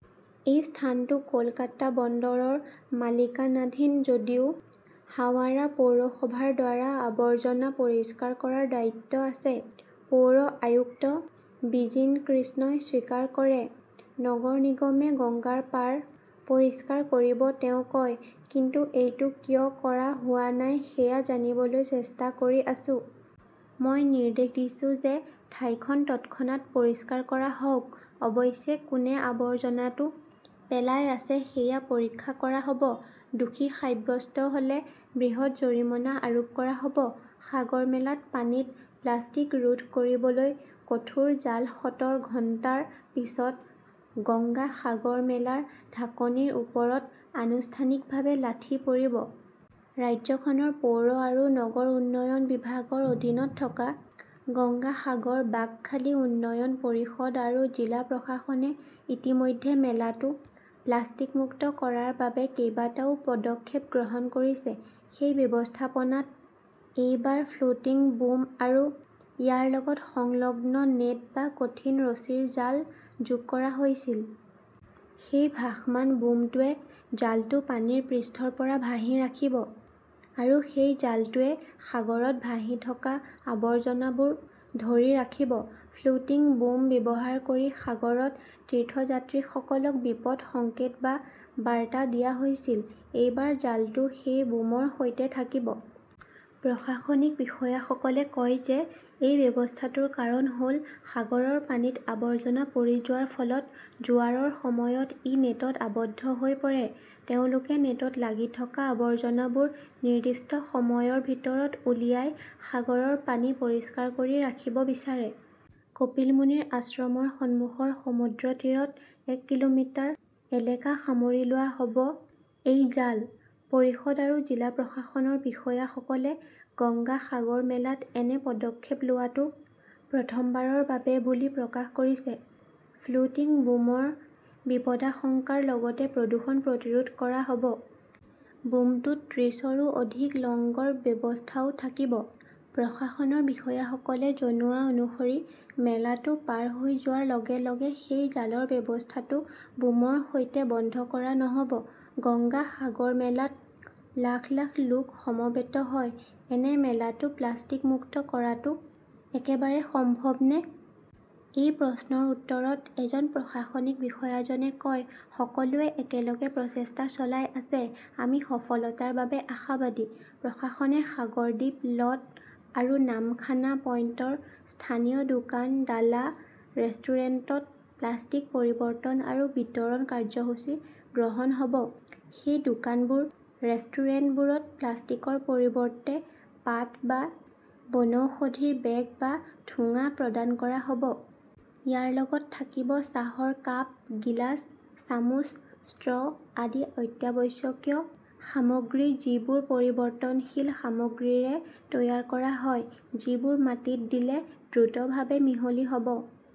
এই স্থানটো কলকাতা বন্দৰৰ মালিকানাধীন যদিও হাৱাৰা পৌৰসভাৰ দ্বাৰা আবৰ্জনা পৰিষ্কাৰ কৰাৰ দায়িত্ব আছে, পৌৰ আয়ুক্ত বিজিন কৃষ্ণই স্বীকাৰ কৰে। নগৰ নিগমে গংগাৰ পাৰ পৰিষ্কাৰ কৰিব তেওঁ কয়। কিন্তু এইটো কিয় কৰা হোৱা নাই সেয়া জানিবলৈ চেষ্টা কৰি আছো। মই নিৰ্দেশ দিছো যে ঠাইখন তৎক্ষণাত পৰিষ্কাৰ কৰা হওক। অৱশ্যে কোনে আৱৰ্জনাটো পেলাই আছে সেয়া পৰীক্ষা কৰা হ 'ব। দোষী সাব্যস্ত হ'লে বৃহৎ জৰিমনা আৰোপ কৰা হ'ব। সাগৰমেলাত পানীত প্লাষ্টিক ৰোধ কৰিবলৈ কঠোৰ জাল সতৰ ঘণ্টাৰ পিছত গংগা সাগৰ মেলাৰ ঢাকনিৰ ওপৰত আনুষ্ঠানিকভাৱে লাঠি পৰিব। ৰাজ্যখনৰ পৌৰ আৰু নগৰ উন্নয়ন বিভাগৰ অধীনত থকা গংগা সাগৰ বাকখালী উন্নয়ন পৰিষদ আৰু জিলা প্ৰশাসনে ইতিমধ্যে মেলাটো প্লাষ্টিক মুক্ত কৰাৰ বাবে কেইবাটাও পদক্ষেপ গ্ৰহণ কৰিছে। সেই ব্যৱস্থাপনাত এইবাৰ ফ্লোটিং বুম আৰু ইয়াৰ লগত সংলগ্ন নেট বা কঠিন ৰছীৰ জাল যোগ কৰা হৈছিল। সেই ভাসমান বুমটোৱে জালটো পানীৰ পৃষ্ঠৰ পৰা ভাহি ৰাখিব। আৰু সেই জালটোৱে সাগৰত ভাহি থকা আৱৰ্জনাবোৰ ধৰি ৰাখিব। ফ্লোটিং বুম ব্যৱহাৰ কৰি সাগৰত তীৰ্থযাত্ৰীসকলক বিপদ সংকেত বা বাৰ্তা দিয়া হৈছিল। এইবাৰ জালটো সেই বুমৰ সৈতে থাকিব। প্ৰশাসনিক বিষয়াসকলে কয় যে এই ব্যৱস্থাটোৰ কাৰণ হ'ল সাগৰৰ পানীত আৱৰ্জনা পৰি যোৱাৰ ফলত জোৱাৰৰ সময়ত ই নেটত আবদ্ধ হৈ পৰে। তেওঁলোকে নেটত লাগি থকা আৱৰ্জনাবোৰ নিৰ্দিষ্ট সময়ৰ ভিতৰত উলিয়াই সাগৰৰ পানী পৰিষ্কাৰ কৰি ৰাখিব বিচাৰে। কপিল মুনিৰ আশ্ৰমৰ সন্মুখৰ সমুদ্ৰতীৰত এক কিলোমিটাৰ এলেকা সামৰি লোৱা হ'ব এই জাল। পৰিষদ আৰু জিলা প্ৰশাসনৰ বিষয়াসকলে গংগা সাগৰ মেলাত এনে পদক্ষেপ লোৱাটো প্ৰথমবাৰৰ বাবে বুলি প্ৰকাশ কৰিছে। ফ্লোটিং বুমৰ বিপদাশংকাৰ লগতে প্ৰদূষণ প্ৰতিৰোধ কৰা হ'ব। বুমটোত ত্ৰিছৰো অধিক লংগৰ ব্যৱস্থাও থাকিব। প্ৰশাসনৰ বিষয়াসকলে জনোৱা অনুসৰি মেলাটো পাৰ হৈ যোৱাৰ লগে -লগে সেই জালৰ ব্যৱস্থাটো বুমৰ সৈতে বন্ধ কৰা নহ'ব। গংগা সাগৰ মেলাত লাখ- লাখ লোক সমবেত হয়। এনে মেলাটো প্লাষ্টিক মুক্ত কৰাটো একেবাৰে সম্ভৱনে? এই প্ৰশ্নৰ উত্তৰত এজন প্ৰশাসনিক বিষয়াজনে কয়, সকলোৱে একেলগে প্ৰচেষ্টা চলাই আছে। আমি সফলতাৰ বাবে আশাবাদী। প্ৰশাসনে সাগৰদ্বীপ, লট আৰু নামখানা পইণ্টৰ স্থানীয় দোকান, ডালা, ৰেষ্টুৰেণ্টত প্লাষ্টিক পৰিৱৰ্তন আৰু বিতৰণ কাৰ্যসূচী গ্ৰহণ হ'ব। সেই দোকানবোৰ ৰেষ্টুৰেণ্টবোৰত প্লাষ্টিকৰ পৰিৱৰ্তে পাট বা বনৌষধিৰ বেগ বা ঠোঙা প্ৰদান কৰা হ 'ব। ইয়াৰ লগত থাকিব চাহৰ কাপ, গিলাচ, চামুচ, ষ্ট্ৰ 'আদি অত্যাৱশ্যকীয় সামগ্ৰী যিবোৰ পৰিৱৰ্তনশীল সামগ্ৰীৰে তৈয়াৰ কৰা হয়, যিবোৰ মাটিত দিলে দ্ৰুতভাৱে মিহলি হ' ব।